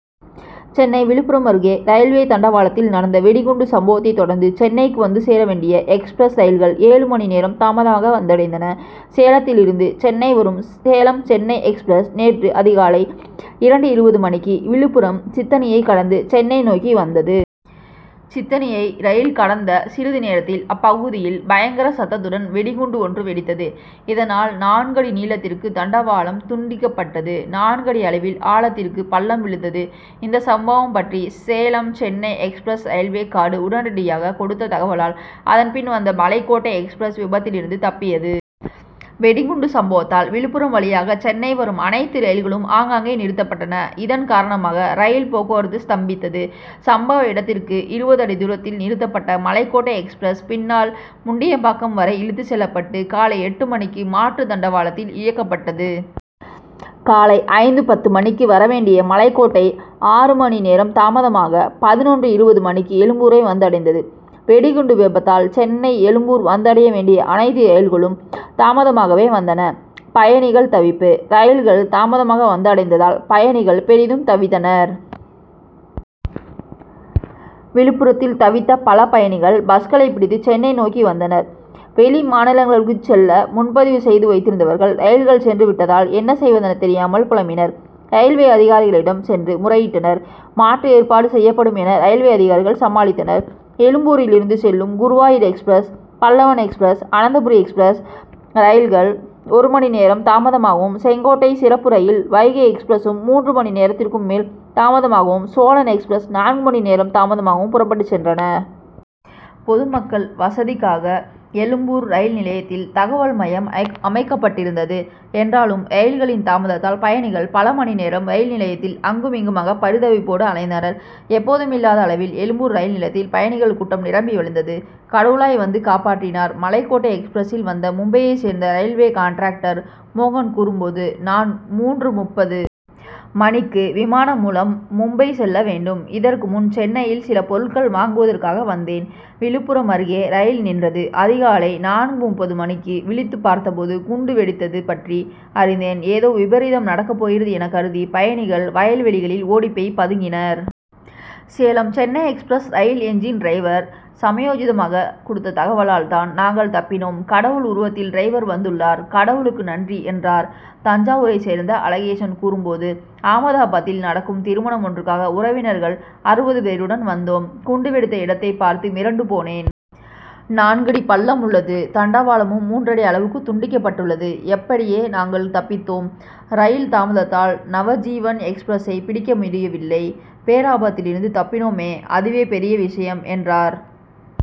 சென்னை விழுப்புரம் அருகே ரயில்வே தண்டவாளத்தில் நடந்த வெடிகுண்டு சம்பவத்தைத் தொடர்ந்து சென்னைக்கு வந்து சேர வேண்டிய எக்ஸ்பிரஸ் ரயில்கள் ஏழு மணி நேரம் தாமதமாக வந்தடைந்தன. சேலத்திலிருந்து சென்னை வரும் சேலம் சென்னை எக்ஸ்பிரஸ் நேற்று அதிகாலை இரண்டு இருபது மணிக்கு விழுப்புரம் சித்தணியைக் கடந்து சென்னை நோக்கி வந்தது. சித்தணியை ரயில் கடந்த சிறிது நேரத்தில், அப்பகுதியில் பயங்கர சத்தத்துடன் வெடிகுண்டு ஒன்று வெடித்தது. இதனால், நான்கடி நீளத்திற்கு தண்டவாளம் துண்டிக்கப்பட்டது. நான்கடி அளவில் ஆழத்திற்கு பள்ளம் விழுந்தது. இந்த சம்பவம் பற்றி, Salem Chennai express railway guard உடனடியாக கொடுத்த தகவலால், அதன் பின் வந்த மலைக்கோட்டை எக்ஸ்பிரஸ் விபத்திலிருந்து தப்பியது. வெடிகுண்டு சம்பவத்தால் விழுப்புரம் வழியாக சென்னை வரும் அனைத்து ரயில்களும் ஆங்காங்கே நிறுத்தப்பட்டன. இதன் காரணமாக ரயில் போக்குரவத்து ஸ்தம்பித்தது. சம்பவ இடத்திற்கு இருபது அடி தூரத்தில் நிறுத்தப்பட்ட மலைக்கோட்டை எக்ஸ்பிரஸ், பின்னால் முண்டியம்பாக்கம் வரை இழுத்துச் செல்லப்பட்டு, காலை எட்டு மணிக்கு மாற்று தண்டவாளத்தில் இயக்கப்பட்டது. காலை ஐந்து பத்து மணிக்கு வர வேண்டிய மலைக்கோட்டை ஆறு மணி நேரம் தாமதமாக பதினொன்று.இருபது மணிக்கு எழும்பூரை வந்தடைந்தது. வெடிகுண்டு விபத்தால் சென்னை எழும்பூர் வந்தடைய வேண்டிய அனைத்து ரயில்களும் தாமதமாகவே வந்தன. பயணிகள் தவிப்பு: ரயில்கள் தாமதமாக வந்தடைந்ததால் பயணிகள் பெரிதும் தவித்தனர். விழுப்புரத்தில் தவித்த பல பயணிகள், பஸ்களை பிடித்து சென்னை நோக்கி வந்தனர். வெளிமாநிலங்களுக்குச் செல்ல முன்பதிவு செய்து வைத்திருந்தவர்கள், ரயில்கள் சென்று விட்டதால், என்ன செய்வதென தெரியாமல் புலம்பினர். ரயில்வே அதிகாரிகளிடம் சென்று முறையிட்டனர். மாற்று ஏற்பாடு செய்யப்படும் என, ரயில்வே அதிகாரிகள் சமாளித்தனர். எழும்பூரிலிருந்து செல்லும் Guruvayur express, Pallavan express, Ananthapuri express ரயில்கள் ஒரு மணி நேரம் தாமதமாகவும், செங்கோட்டை சிறப்பு ரயில், வைகை எக்ஸ்பிரசும் மூன்று மணி நேரத்திற்கும் மேல் தாமதமாகவும், சோழன் எக்ஸ்பிரஸ் நான்கு மணி நேரம் தாமதமாகவும் புறப்பட்டுச் சென்றன. பொதுமக்கள் வசதிக்காக எழும்பூர் ரயில் நிலையத்தில், தகவல் மையம் அமைக்கப்பட்டிருந்தது. என்றாலும், ரயில்களின் தாமதத்தால் பயணிகள் பல மணி நேரம் ரயில் நிலையத்தில், அங்கும், இங்குமாக பரிதவிப்போடு அலைந்தனர். எப்போதுமில்லாத அளவில் எழும்பூர் ரயில் நிலையத்தில் பயணிகள் கூட்டம் நிரம்பி வழிந்தது. கடவுளாய் வந்து காப்பாற்றினார்: மலைக்கோட்டை எக்ஸ்பிரசில் வந்த மும்பையைச் சேர்ந்த ரயில்வே கான்ட்ராக்டர் மோகன் கூறும்போது, நான் மூன்று.முப்பது மணிக்கு விமானம் மூலம் மும்பை செல்ல வேண்டும். இதற்கு முன், சென்னையில் சில பொருட்கள் வாங்குவதற்காக வந்தேன். விழுப்புரம் அருகே ரயில் நின்றது. அதிகாலை நான்கு.முப்பது மணிக்கு விழித்து பார்த்தபோது, குண்டு வெடித்தது பற்றி அறிந்தேன். ஏதோ விபரீதம் நடக்கப் போகிறது என கருதி பயணிகள், வயல்வெளிகளில் ஓடிப்போய் பதுங்கினர். சேலம் சென்னை எக்ஸ்பிரஸ் ரயில் இன்ஜின் டிரைவர் சமயோசிதமாக கொடுத்த தகவலால் தான் நாங்கள் தப்பினோம். கடவுள் உருவத்தில் டிரைவர் வந்துள்ளார். கடவுளுக்கு நன்றி என்றார். தஞ்சாவூரைச் சேர்ந்த அழகேசன் கூறும்போது, ஆமதாபாத்தில் நடக்கும் திருமணம் ஒன்றுக்காக உறவினர்கள் அறுபது பேருடன் வந்தோம். குண்டு வெடித்த இடத்தை பார்த்து மிரண்டு போனேன். நான்கடி பள்ளம் உள்ளது. தண்டவாளமும் மூன்றடி அளவுக்கு துண்டிக்கப்பட்டுள்ளது. எப்படியே நாங்கள் தப்பித்தோம். ரயில் தாமதத்தால் நவஜீவன் எக்ஸ்பிரசை பிடிக்க முடியவில்லை. பேராபத்திலிருந்து தப்பினோமே அதுவே பெரிய விஷயம் என்றார்.